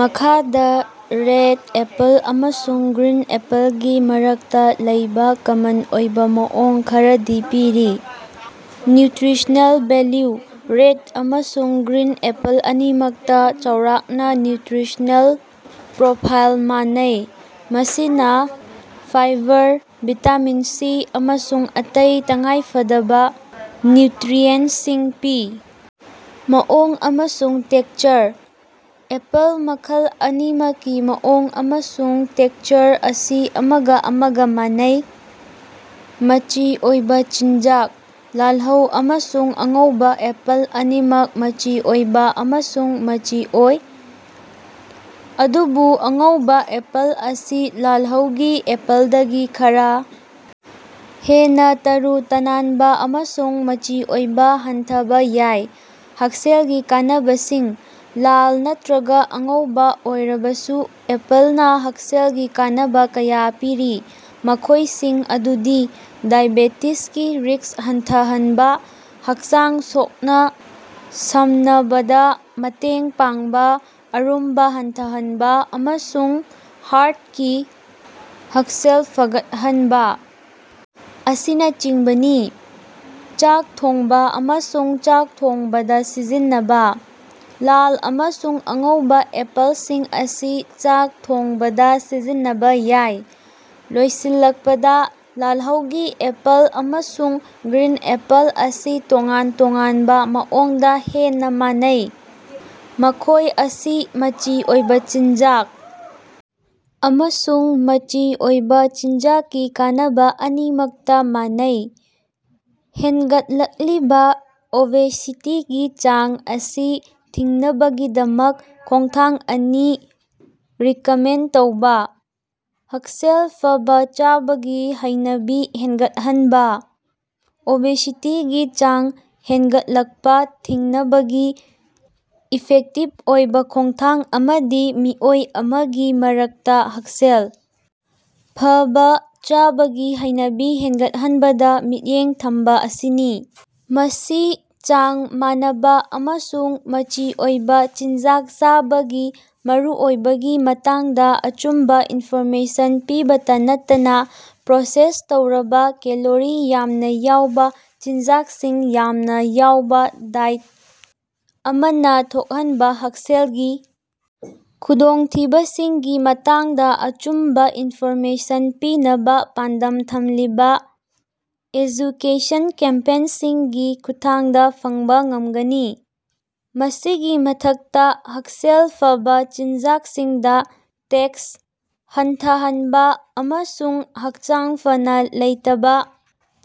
ꯃꯈꯥꯗ red apple ꯑꯃꯁꯨꯡ green ꯑꯦꯄꯜꯒꯤ ꯃꯔꯛꯇꯥ ꯂꯩꯕ ꯀꯃꯟ ꯑꯣꯏꯕ ꯃꯑꯣꯡ ꯈꯔꯗꯤ ꯄꯤꯔꯤ: ꯅ꯭ꯌꯨꯇ꯭ꯔꯤꯁꯅꯦꯜ ꯚꯦꯜꯌꯨ: ꯔꯦꯠ ꯑꯃꯁꯨꯡ ꯒ꯭ꯔꯤꯟ ꯑꯦꯄꯜ ꯑꯅꯤꯃꯛꯇꯥ ꯆꯥꯎꯔꯥꯛꯅꯥ ꯅ꯭ꯌꯨꯇ꯭ꯔꯤꯁꯅꯦꯜ ꯄ꯭ꯔꯣꯐꯥꯏꯜ ꯃꯥꯟꯅꯩ, ꯃꯁꯤꯅꯥ ꯐꯥꯏꯕꯔ, ꯚꯤꯇꯥꯃꯤꯟ ꯁꯤ, ꯑꯃꯁꯨꯡ ꯑꯇꯩ ꯇꯉꯥꯏꯐꯗꯕꯥ ꯅ꯭ꯌꯨꯇ꯭ꯔꯤꯑꯦꯟꯁꯤꯡ ꯄꯤ꯫ ꯃꯑꯣꯡ ꯑꯃꯁꯨꯡ ꯇꯦꯛꯁꯆꯔ: ꯑꯦꯄꯜ ꯃꯈꯜ ꯑꯅꯤꯃꯛꯀꯤ ꯃꯑꯣꯡ ꯑꯃꯁꯨꯡ ꯇꯦꯛꯁꯆꯔ ꯑꯁꯤ ꯑꯃꯒꯥ ꯑꯃꯒꯥ ꯃꯥꯟꯅꯩ, ꯃꯆꯤ ꯑꯣꯏꯕꯥ ꯆꯤꯟꯖꯥꯛ: ꯂꯥꯜꯍꯧ ꯑꯃꯁꯨꯡ ꯑꯉꯧꯕꯥ ꯑꯦꯄꯜ ꯑꯅꯤꯃꯛ ꯃꯆꯤ ꯑꯣꯏꯕ ꯑꯃꯁꯨꯡ ꯃꯆꯤ ꯑꯣꯏ, ꯑꯗꯨꯕꯨ, ꯑꯉꯧꯕꯥ ꯑꯦꯄꯜ ꯑꯁꯤ ꯂꯥꯜꯍꯧꯒꯤ ꯑꯦꯄꯜꯗꯒꯤ ꯈꯔ ꯍꯦꯟꯅꯥ ꯇꯔꯨ-ꯇꯅꯥꯟꯕꯥ ꯑꯃꯁꯨꯡ ꯃꯆꯤ ꯑꯣꯏꯕ ꯍꯟꯊꯕꯥ ꯌꯥꯏ꯫ ꯍꯛꯁꯦꯜꯒꯤ ꯀꯥꯟꯅꯕꯁꯤꯡ: ꯂꯥꯜ ꯅꯠꯇ꯭ꯔꯒꯥ ꯑꯉꯧꯕꯥ ꯑꯣꯏꯔꯕꯁꯨ ꯑꯦꯄꯜꯅꯥ ꯍꯛꯁꯦꯜꯒꯤ ꯀꯥꯟꯅꯕ ꯀꯌꯥ ꯄꯤꯔꯤ, ꯃꯈꯣꯏꯁꯤꯡ ꯑꯗꯨꯗꯤ ꯗꯥꯏꯕꯦꯇꯤꯁꯀꯤ ꯔꯤꯁ꯭ꯛ ꯍꯟꯊꯍꯟꯕꯥ, ꯍꯛꯆꯥꯡ ꯁꯣꯛꯅ-ꯁꯝꯅꯕꯗꯥ ꯃꯇꯦꯡ ꯄꯥꯡꯕ, ꯑꯔꯨꯝꯕꯥ ꯍꯟꯊꯍꯟꯕꯥ, ꯑꯃꯁꯨꯡ ꯍꯥꯔꯠꯀꯤ ꯍꯛꯁꯦꯜ ꯐꯒꯠꯍꯟꯕꯥ ꯑꯁꯤꯅꯆꯤꯡꯕꯅꯤ꯫ ꯆꯥꯛ ꯊꯣꯡꯕꯥ ꯑꯃꯁꯨꯡ ꯆꯥꯛ ꯊꯣꯡꯕꯗꯥ ꯁꯤꯖꯤꯟꯅꯕꯥ: ꯂꯥꯜ ꯑꯃꯁꯨꯡ ꯑꯉꯧꯕꯥ ꯑꯦꯄꯜꯁꯤꯡ ꯑꯁꯤ ꯆꯥꯛ ꯊꯣꯡꯕꯗꯥ ꯁꯤꯖꯤꯟꯅꯕꯥ ꯌꯥꯏ꯫ ꯂꯣꯏꯁꯤꯜꯂꯛꯄꯗꯥ, ꯂꯥꯜꯍꯧꯒꯤ ꯑꯦꯄꯜ ꯑꯃꯁꯨꯡ ꯒ꯭ꯔꯤꯟ ꯑꯦꯄꯜ ꯑꯁꯤ ꯇꯣꯉꯥꯟ ꯇꯣꯉꯥꯟꯕ ꯃꯑꯣꯡꯗꯥ ꯍꯦꯟꯅꯥ ꯃꯥꯟꯅꯩ, ꯃꯈꯣꯏ ꯑꯁꯤ ꯃꯆꯤ ꯑꯣꯏꯕ ꯆꯤꯟꯖꯥꯛ ꯑꯃꯁꯨꯡ ꯃꯆꯤ ꯑꯣꯏꯕ ꯆꯤꯟꯖꯥꯛꯀꯤ ꯀꯥꯟꯅꯕ ꯑꯅꯤꯃꯛꯇꯥ ꯃꯥꯟꯅꯩ꯫ ꯍꯦꯟꯒꯠꯂꯛꯂꯤꯕꯥ ꯑꯣꯕꯦꯁꯤꯇꯤꯒꯤ ꯆꯥꯡ ꯑꯁꯤ ꯊꯤꯡꯅꯕꯒꯤꯗꯃꯛ ꯈꯣꯡꯊꯥꯡ ꯑꯅꯤ ꯔꯤꯀꯃꯦꯟ ꯇꯧꯕ꯫ ꯍꯛꯁꯦꯜ ꯐꯕꯥ ꯆꯥꯕꯒꯤ ꯍꯩꯅꯕꯤ ꯍꯦꯟꯒꯠꯍꯟꯕꯥ: ꯑꯣꯕꯦꯁꯤꯇꯤꯒꯤ ꯆꯥꯡ ꯍꯦꯟꯒꯠꯂꯛꯄꯥ ꯊꯤꯡꯅꯕꯒꯤ ꯏꯐꯦꯛꯇꯤꯚ ꯑꯣꯏꯕ ꯈꯣꯡꯊꯥꯡ ꯑꯃꯗꯤ ꯃꯤꯑꯣꯏ ꯑꯃꯒꯤ ꯃꯔꯛꯇꯥ ꯍꯛꯁꯦꯜ ꯐꯕꯥ ꯆꯥꯕꯒꯤ ꯍꯩꯅꯕꯤ ꯍꯦꯟꯒꯠꯍꯟꯕꯗꯥ ꯃꯤꯠꯌꯦꯡ ꯊꯝꯕꯥ ꯑꯁꯤꯅꯤ꯫ ꯃꯁꯤ ꯆꯥꯡ ꯃꯥꯟꯅꯕ ꯑꯃꯁꯨꯡ ꯃꯆꯤ ꯑꯣꯏꯕ ꯆꯤꯟꯖꯥꯛ ꯆꯥꯕꯒꯤ ꯃꯔꯨꯑꯣꯏꯕꯒꯤ ꯃꯇꯥꯡꯗ ꯑꯆꯨꯝꯕ ꯏꯟꯐꯣꯔꯃꯦꯁꯟ ꯄꯤꯕꯇꯥ ꯅꯠꯇꯅꯥ ꯄ꯭ꯔꯣꯁꯦꯁ ꯇꯧꯔꯕ, ꯀꯦꯂꯣꯔꯤ ꯌꯥꯝꯅ ꯌꯥꯎꯕ ꯆꯤꯟꯖꯥꯛꯁꯤꯡ ꯌꯥꯝꯅ ꯌꯥꯎꯕꯥ ꯗꯥꯏꯠ ꯑꯃꯅꯥ ꯊꯣꯛꯍꯟꯕꯥ ꯍꯛꯁꯦꯜꯒꯤ ꯈꯨꯗꯣꯡꯊꯤꯕꯁꯤꯡꯒꯤ ꯃꯇꯥꯡꯗ ꯑꯆꯨꯝꯕ ꯏꯟꯐꯣꯔꯃꯦꯁꯟ ꯄꯤꯅꯕꯥ ꯄꯥꯟꯗꯝ ꯊꯝꯂꯤꯕꯥ ꯑꯦꯖꯨꯀꯦꯁꯟ ꯀꯦꯝꯄꯦꯟꯁꯤꯡꯒꯤ ꯈꯨꯠꯊꯥꯡꯗ ꯐꯪꯕ ꯉꯝꯒꯅꯤ꯫ ꯃꯁꯤꯒꯤ ꯃꯊꯛꯇꯥ, ꯍꯛꯁꯦꯜ ꯐꯕꯥ ꯆꯤꯟꯖꯥꯛꯁꯤꯡꯗꯥ ꯇꯦꯛꯁ ꯍꯟꯊꯍꯟꯕꯥ ꯑꯃꯁꯨꯡ ꯍꯛꯆꯥꯡ ꯐꯅꯥ ꯂꯩꯇꯕ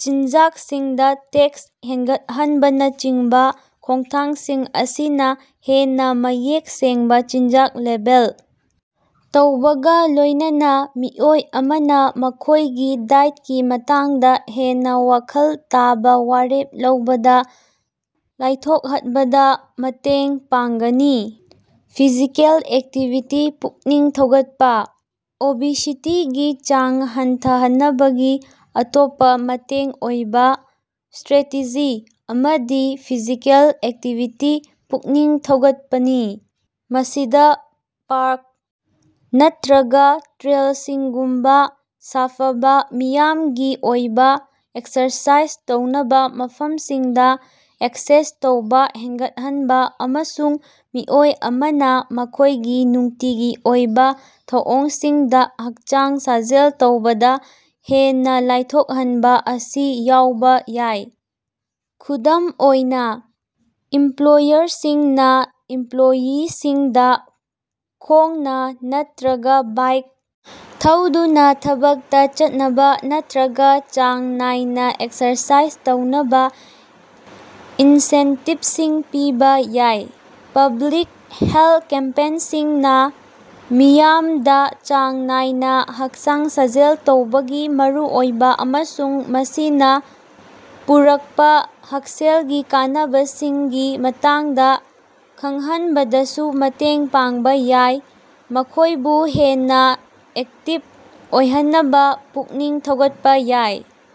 ꯆꯤꯟꯖꯥꯛꯁꯤꯡꯗꯥ ꯇꯦꯛꯁ ꯍꯦꯟꯒꯠꯍꯟꯕꯅꯆꯤꯡꯕꯥ ꯈꯣꯡꯊꯥꯡꯁꯤꯡ ꯑꯁꯤꯅꯥ ꯍꯦꯟꯅꯥ ꯃꯌꯦꯛ ꯁꯦꯡꯕꯥ ꯆꯤꯟꯖꯥꯛ ꯂꯦꯕꯦꯜ ꯇꯧꯕꯒꯥ ꯂꯣꯏꯅꯅꯥ ꯃꯤꯑꯣꯏ ꯑꯃꯅꯥ ꯃꯈꯣꯏꯒꯤ ꯗꯥꯏꯠꯀꯤ ꯃꯇꯥꯡꯗ ꯍꯦꯟꯅꯥ ꯋꯥꯈꯜ ꯇꯥꯕ ꯋꯥꯔꯦꯞ ꯂꯧꯕꯗ ꯂꯥꯏꯊꯣꯛꯍꯠꯕꯗꯥ ꯃꯇꯦꯡ ꯄꯥꯡꯒꯅꯤ꯫ ꯐꯤꯖꯤꯀꯦꯜ ꯑꯦꯛꯇꯤꯚꯤꯇꯤ ꯄꯨꯛꯅꯤꯡ ꯊꯧꯒꯠꯄꯥ: ꯑꯣꯕꯦꯁꯤꯇꯤꯒꯤ ꯆꯥꯡ ꯍꯟꯊꯍꯟꯅꯕꯒꯤ ꯑꯇꯣꯞꯄꯥ ꯃꯇꯦꯡ ꯑꯣꯏꯕ ꯁꯇ꯭ꯔꯦꯇꯦꯖꯤ ꯑꯃꯗꯤ ꯐꯤꯖꯤꯀꯦꯜ ꯑꯦꯛꯇꯤꯚꯤꯇꯤ ꯄꯨꯛꯅꯤꯡ ꯊꯧꯒꯠꯄꯅꯤ꯫ ꯃꯁꯤꯗ ꯄꯥꯔꯛ ꯅꯠꯇ꯭ꯔꯒꯥ ꯇ꯭ꯔꯦꯜꯁꯤꯡꯒꯨꯝꯕꯥ ꯁꯥꯐꯕ, ꯃꯤꯌꯥꯝꯒꯤ ꯑꯣꯏꯕ ꯑꯦꯛꯁꯔꯁꯥꯏꯖ ꯇꯧꯅꯕ ꯃꯐꯝꯁꯤꯡꯗꯥ ꯑꯦꯛꯁꯦꯁ ꯇꯧꯕ ꯍꯦꯟꯒꯠꯍꯟꯕꯥ ꯑꯃꯁꯨꯡ ꯃꯤꯑꯣꯏ ꯑꯃꯅ ꯃꯈꯣꯏꯒꯤ ꯅꯨꯡꯇꯤꯒꯤ ꯑꯣꯏꯕ ꯊꯧꯑꯣꯡꯁꯤꯡꯗꯥ ꯍꯛꯆꯥꯡ ꯁꯥꯖꯦꯜ ꯇꯧꯕꯗꯥ ꯍꯦꯟꯅꯥ ꯂꯥꯏꯊꯣꯛꯍꯟꯕꯥ ꯑꯁꯤ ꯌꯥꯎꯕ ꯌꯥꯏ꯫ ꯈꯨꯗꯝ ꯑꯣꯏꯅ, ꯏꯝꯄ꯭ꯂꯣꯌꯔꯁꯤꯡꯅꯥ ꯏꯝꯄ꯭ꯂꯣꯌꯤꯁꯤꯡꯗꯥ ꯈꯣꯡꯅꯥ ꯅꯠꯇ꯭ꯔꯒꯥ ꯕꯥꯏꯛ ꯊꯧꯗꯨꯅꯥ ꯊꯕꯛꯇꯥ ꯆꯠꯅꯕ ꯅꯠꯇ꯭ꯔꯒꯥ ꯆꯥꯡ ꯅꯥꯏꯅꯥ ꯑꯦꯛꯁꯔꯁꯥꯏꯖ ꯇꯧꯅꯕꯥ ꯏꯟꯁꯦꯟꯇꯤꯚꯁꯤꯡ ꯄꯤꯕꯥ ꯌꯥꯏ꯫ ꯄꯕ꯭ꯂꯤꯛ ꯍꯦꯜꯠ ꯀꯦꯝꯄꯦꯟꯁꯤꯡꯅꯥ ꯃꯤꯌꯥꯝꯗ ꯆꯥꯡ ꯅꯥꯏꯅ ꯍꯛꯆꯥꯡ ꯁꯥꯖꯦꯜ ꯇꯧꯕꯒꯤ ꯃꯔꯨꯑꯣꯏꯕ ꯑꯃꯁꯨꯡ ꯃꯁꯤꯅꯥ ꯄꯨꯔꯛꯄꯥ ꯍꯛꯁꯦꯜꯒꯤ ꯀꯥꯟꯅꯕꯁꯤꯡꯒꯤ ꯃꯇꯥꯡꯗ ꯈꯪꯍꯟꯕꯗꯁꯨ ꯃꯇꯦꯡ ꯄꯥꯡꯕ ꯌꯥꯏ, ꯃꯈꯣꯏꯕꯨ ꯍꯦꯟꯅꯥ ꯑꯦꯛꯇꯤꯚ ꯑꯣꯏꯍꯟꯅꯕꯥ ꯄꯨꯛꯅꯤꯡ ꯊꯧꯒꯠꯄꯥ ꯌꯥꯏ꯫